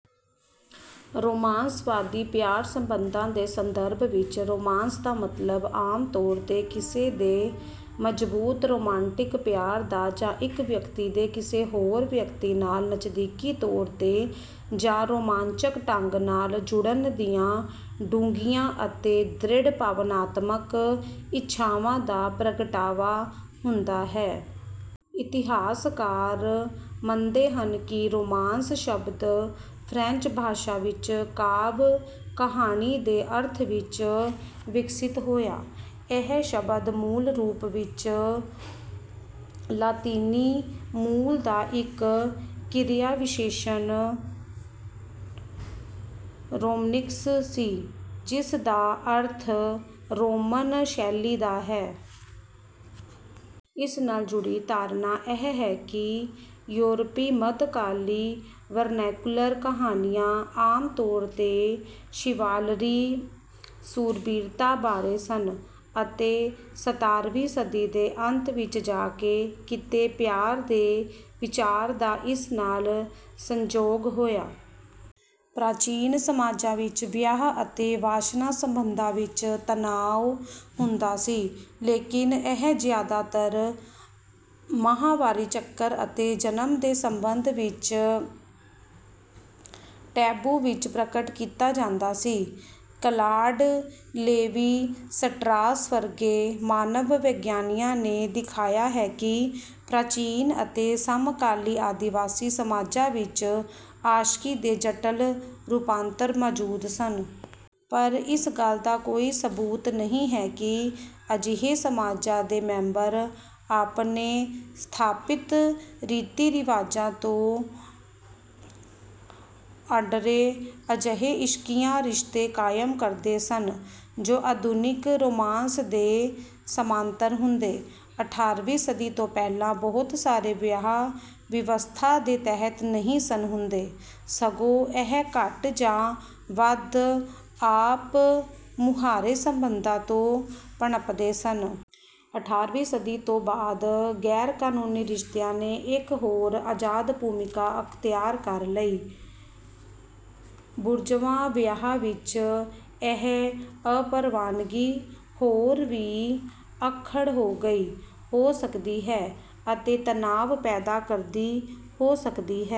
ਰੋਮਾਂਸਵਾਦੀ ਪਿਆਰ ਸੰਬੰਧਾਂ ਦੇ ਸੰਦਰਭ ਵਿੱਚ, ਰੋਮਾਂਸ ਦਾ ਮਤਲਬ ਆਮ ਤੌਰ ਤੇ ਕਿਸੇ ਦੇ ਮਜ਼ਬੂਤ ਰੁਮਾਂਟਿਕ ਪਿਆਰ ਦਾ, ਜਾਂ ਇੱਕ ਵਿਅਕਤੀ ਦੇ ਕਿਸੇ ਹੋਰ ਵਿਅਕਤੀ ਨਾਲ ਨਜ਼ਦੀਕੀ ਤੌਰ ਤੇ ਜਾਂ ਰੋਮਾਂਚਕ ਢੰਗ ਨਾਲ ਜੁੜਨ ਦੀਆਂ ਡੂੰਘੀਆਂ ਅਤੇ ਦ੍ਰਿੜ ਭਾਵਨਾਤਮਕ ਇੱਛਾਵਾਂ ਦਾ ਪ੍ਰਗਟਾਵਾ ਹੁੰਦਾ ਹੈ। ਇਤਿਹਾਸਕਾਰ ਮੰਨਦੇ ਹਨ ਕਿ "ਰੋਮਾਂਸ" ਸ਼ਬਦ ਫ੍ਰੈਂਚ ਭਾਸ਼ਾ ਵਿੱਚ "ਕਾਵਿ ਕਹਾਣੀ" ਦੇ ਅਰਥ ਵਿੱਚ ਵਿਕਸਿਤ ਹੋਇਆ। ਇਹ ਸ਼ਬਦ ਮੂਲ ਰੂਪ ਵਿੱਚ ਲਾਤੀਨੀ ਮੂਲ ਦਾ ਇੱਕ ਕਿਰਿਆ-ਵਿਸ਼ੇਸ਼ਣ "ਰੋਮਨੀਕਸ" ਸੀ, ਜਿਸਦਾ ਅਰਥ "ਰੋਮਨ ਸ਼ੈਲੀ ਦਾ" ਹੈ। ਇਸ ਨਾਲ ਜੁੜੀ ਧਾਰਨਾ ਇਹ ਹੈ ਕਿ ਯੂਰਪੀ ਮੱਧਕਾਲੀ ਵਰਨੈਕੂਲਰ ਕਹਾਣੀਆਂ ਆਮ ਤੌਰ ਤੇ ਸ਼ਿਵਾਲਰੀ ਸੂਰਬੀਰਤਾ ਬਾਰੇ ਸਨ ਅਤੇ ਸਤਾਰ੍ਹਵੀਂ ਸਦੀ ਦੇ ਅੰਤ ਵਿੱਚ ਜਾ ਕੇ ਕਿਤੇ ਪਿਆਰ ਦੇ ਵਿਚਾਰ ਦਾ ਇਸ ਨਾਲ ਸੰਯੋਗ ਹੋਇਆ। ਪ੍ਰਾਚੀਨ ਸਮਾਜਾਂ ਵਿੱਚ, ਵਿਆਹ ਅਤੇ ਵਾਸ਼ਨਾ ਸਬੰਧਾਂ ਵਿੱਚ ਤਣਾਅ ਹੁੰਦਾ ਸੀ, ਲੇਕਿਨ ਇਹ ਜਿਆਦਾਤਰ ਮਾਹਵਾਰੀ ਚੱਕਰ ਅਤੇ ਜਨਮ ਦੇ ਸੰਬੰਧ ਵਿੱਚ ਟੈਬੂ ਵਿੱਚ ਪ੍ਰਗਟ ਕੀਤਾ ਜਾਂਦਾ ਸੀ। ਕਲਾਡ ਲੇਵੀ-ਸਟਰਾਸ ਵਰਗੇ ਮਾਨਵ-ਵਿਗਿਆਨੀਆਂ ਨੇ ਦਿਖਾਇਆ ਹੈ ਕਿ ਪ੍ਰਾਚੀਨ ਅਤੇ ਸਮਕਾਲੀ ਆਦਿਵਾਸੀ ਸਮਾਜਾਂ ਵਿੱਚ ਆਸ਼ਕੀ ਦੇ ਜਟਿਲ ਰੂਪਾਂਤਰ ਮੌਜੂਦ ਸਨ। ਪਰ ਇਸ ਗੱਲ ਦਾ ਕੋਈ ਸਬੂਤ ਨਹੀਂ ਹੈ ਕਿ ਅਜਿਹੇ ਸਮਾਜਾਂ ਦੇ ਮੈਂਬਰ ਆਪਣੇ ਸਥਾਪਿਤ ਰੀਤੀ-ਰਿਵਾਜਾਂ ਤੋਂ ਅੱਡਰੇ ਅਜਿਹੇ ਇਸ਼ਕੀਆ ਰਿਸ਼ਤੇ ਕਾਇਮ ਕਰਦੇ ਸਨ ਜੋ ਆਧੁਨਿਕ ਰੋਮਾਂਸ ਦੇ ਸਮਾਂਤਰ ਹੁੰਦੇ। ਅਠਾਰ੍ਹਵੀਂ ਸਦੀ ਤੋਂ ਪਹਿਲਾਂ, ਬਹੁਤ ਸਾਰੇ ਵਿਆਹ ਵਿਵਸਥਾ ਦੇ ਤਹਿਤ ਨਹੀਂ ਸਨ ਹੁੰਦੇ, ਸਗੋਂ ਇਹ ਘੱਟ ਜਾਂ ਵੱਧ ਆਪ-ਮੁਹਾਰੇ ਸਬੰਧਾਂ ਤੋਂ ਪਨਪਦੇ ਸਨ। ਅਠਾਰ੍ਹਵੀਂ ਸਦੀ ਤੋਂ ਬਾਅਦ, ਗੈਰ-ਕਾਨੂੰਨੀ ਰਿਸ਼ਤਿਆਂ ਨੇ ਇੱਕ ਹੋਰ ਆਜ਼ਾਦ ਭੂਮਿਕਾ ਅਖਤਿਆਰ ਕਰ ਲਈ। ਬੁਰਜ਼ਵਾ ਵਿਆਹ ਵਿੱਚ, ਇਹ ਅਪਰਵਾਨਗੀ ਹੋਰ ਵੀ ਅੱਖੜ ਹੋ ਗਈ ਹੋ ਸਕਦੀ ਹੈ ਅਤੇ ਤਣਾਅ ਪੈਦਾ ਕਰਦੀ ਹੋ ਸਕਦੀ ਹੈ।